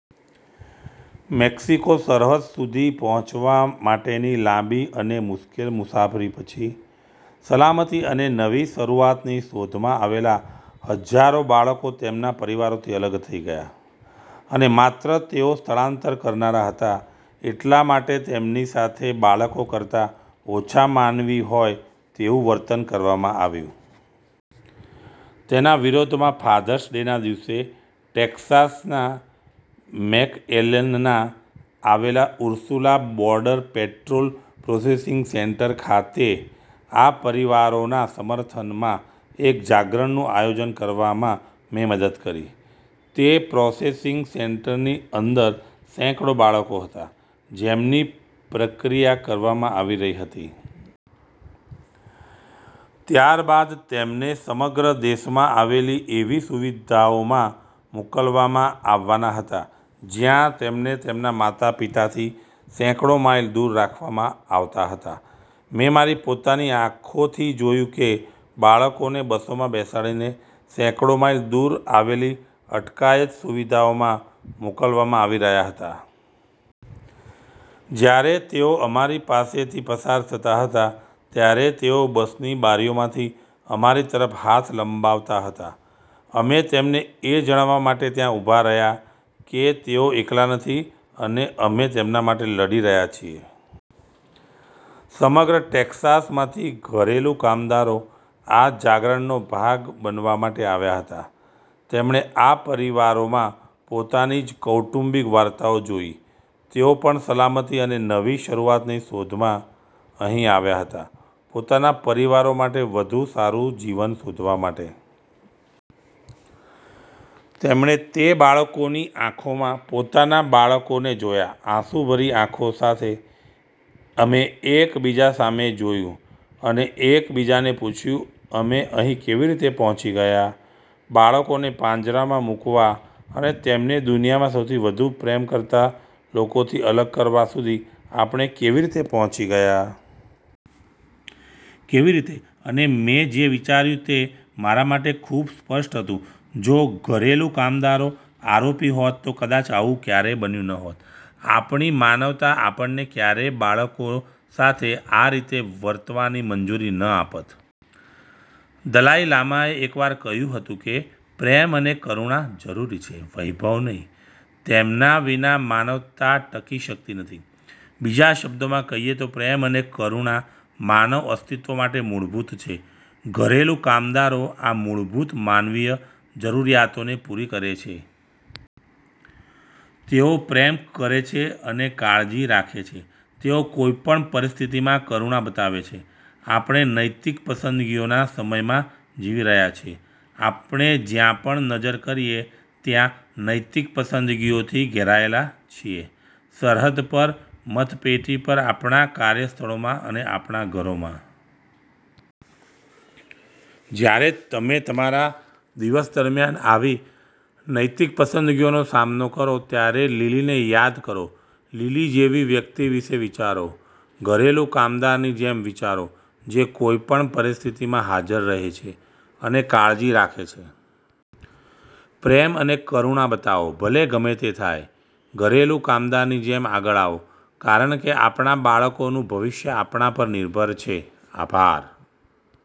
Mexico સરહદ સુધી પહોંચવા માટેની લાંબી અને મુશ્કેલ મુસાફરી પછી, સલામતી અને નવી શરૂઆતની શોધમાં આવેલા હજારો બાળકો તેમના પરિવારોથી અલગ થઈ ગયા. અને માત્ર તેઓ સ્થળાંતર કરનારા હતા એટલા માટે તેમની સાથે બાળકો કરતાં ઓછા માનવી હોય તેવું વર્તન કરવામાં આવ્યું. તેના વિરોધમાં, ફાધર્સ ડેના દિવસે ટેક્સાસના મેકએલેનમાં આવેલા Ursula border patrol processing centre ખાતે આ પરિવારોના સમર્થનમાં એક જાગરણનું આયોજન કરવામાં મેં મદદ કરી. તે પ્રોસેસિંગ સેન્ટરની અંદર સેંકડો બાળકો હતા, જેમની પ્રક્રિયા કરવામાં આવી રહી હતી. ત્યારબાદ તેમને સમગ્ર દેશમાં આવેલી એવી સુવિધાઓમાં મોકલવામાં આવવાના હતા, જ્યાં તેમને તેમના માતા-પિતાથી સેંકડો માઇલ દૂર રાખવામાં આવતા હતા. મેં મારી પોતાની આંખોથી જોયું કે બાળકોને બસોમાં બેસાડીને સેંકડો માઇલ દૂર આવેલી અટકાયત સુવિધાઓમાં મોકલવામાં આવી રહ્યા હતા. જ્યારે તેઓ અમારી પાસેથી પસાર થતા હતા, ત્યારે તેઓ બસની બારીઓમાંથી અમારી તરફ હાથ લંબાવતા હતા. અમે તેમને એ જણાવવા માટે ત્યાં ઊભા રહ્યા કે તેઓ એકલા નથી અને અમે તેમના માટે લડી રહ્યા છીએ. સમગ્ર ટેક્સાસમાંથી ઘરેલું કામદારો આ જાગરણનો ભાગ બનવા માટે આવ્યા હતા. તેમણે આ પરિવારોમાં પોતાની જ કૌટુંબિક વાર્તાઓ જોઈ. તેઓ પણ સલામતી અને નવી શરૂઆતની શોધમાં અહીં આવ્યા હતા, પોતાના પરિવારો માટે વધુ સારું જીવન શોધવા માટે. તેમણે તે બાળકોની આંખોમાં પોતાના બાળકોને જોયા. આંસુભરી આંખો સાથે અમે એકબીજા સામે જોયું અને એકબીજાને પૂછ્યું, “અમે અહીં કેવી રીતે પહોંચી ગયા? બાળકોને પાંજરામાં મૂકવા અને તેમને દુનિયામાં સૌથી વધુ પ્રેમ કરતા લોકોથી અલગ કરવા સુધી આપણે કેવી રીતે પહોંચી ગયા?” કેવી રીતે? અને મેં જે વિચાર્યું તે મારા માટે ખૂબ સ્પષ્ટ હતું: જો ઘરેલું કામદારો આરોપી હોત, તો કદાચ આવું ક્યારેય બન્યું ન હોત. આપણી માનવતા આપણને ક્યારેય બાળકો સાથે આ રીતે વર્તવાની મંજૂરી ન આપત. દલાઈ લામાએ એકવાર કહ્યું હતું કે પ્રેમ અને કરુણા જરૂરી છે, વૈભવ નહીં. તેમના વિના માનવતા ટકી શકતી નથી. બીજા શબ્દોમાં કહીએ તો, પ્રેમ અને કરુણા માનવ અસ્તિત્વ માટે મૂળભૂત છે. ઘરેલું કામદારો આ મૂળભૂત માનવીય જરૂરિયાતોને પૂરી કરે છે. તેઓ પ્રેમ કરે છે અને કાળજી રાખે છે. તેઓ કોઈપણ પરિસ્થિતિમાં કરુણા બતાવે છે. આપણે નૈતિક પસંદગીઓના સમયમાં જીવી રહ્યા છીએ. આપણે જ્યાં પણ નજર કરીએ ત્યાં નૈતિક પસંદગીઓથી ઘેરાયેલા છીએ—સરહદ પર, મતપેટી પર, આપણા કાર્યસ્થળોમાં અને આપણા ઘરોમાં. જ્યારે તમે તમારા દિવસ દરમિયાન આવી નૈતિક પસંદગીઓનો સામનો કરો, ત્યારે લિલીને યાદ કરો. લિલી જેવી વ્યક્તિ વિશે વિચારો. ઘરેલું કામદારની જેમ વિચારો, જે કોઈપણ પરિસ્થિતિમાં હાજર રહે છે અને કાળજી રાખે છે. પ્રેમ અને કરુણા બતાવો, ભલે ગમે તે થાય. ઘરેલું કામદારની જેમ આગળ આવો, કારણ કે આપણા બાળકોનું ભવિષ્ય આપણા પર નિર્ભર છે. આભાર.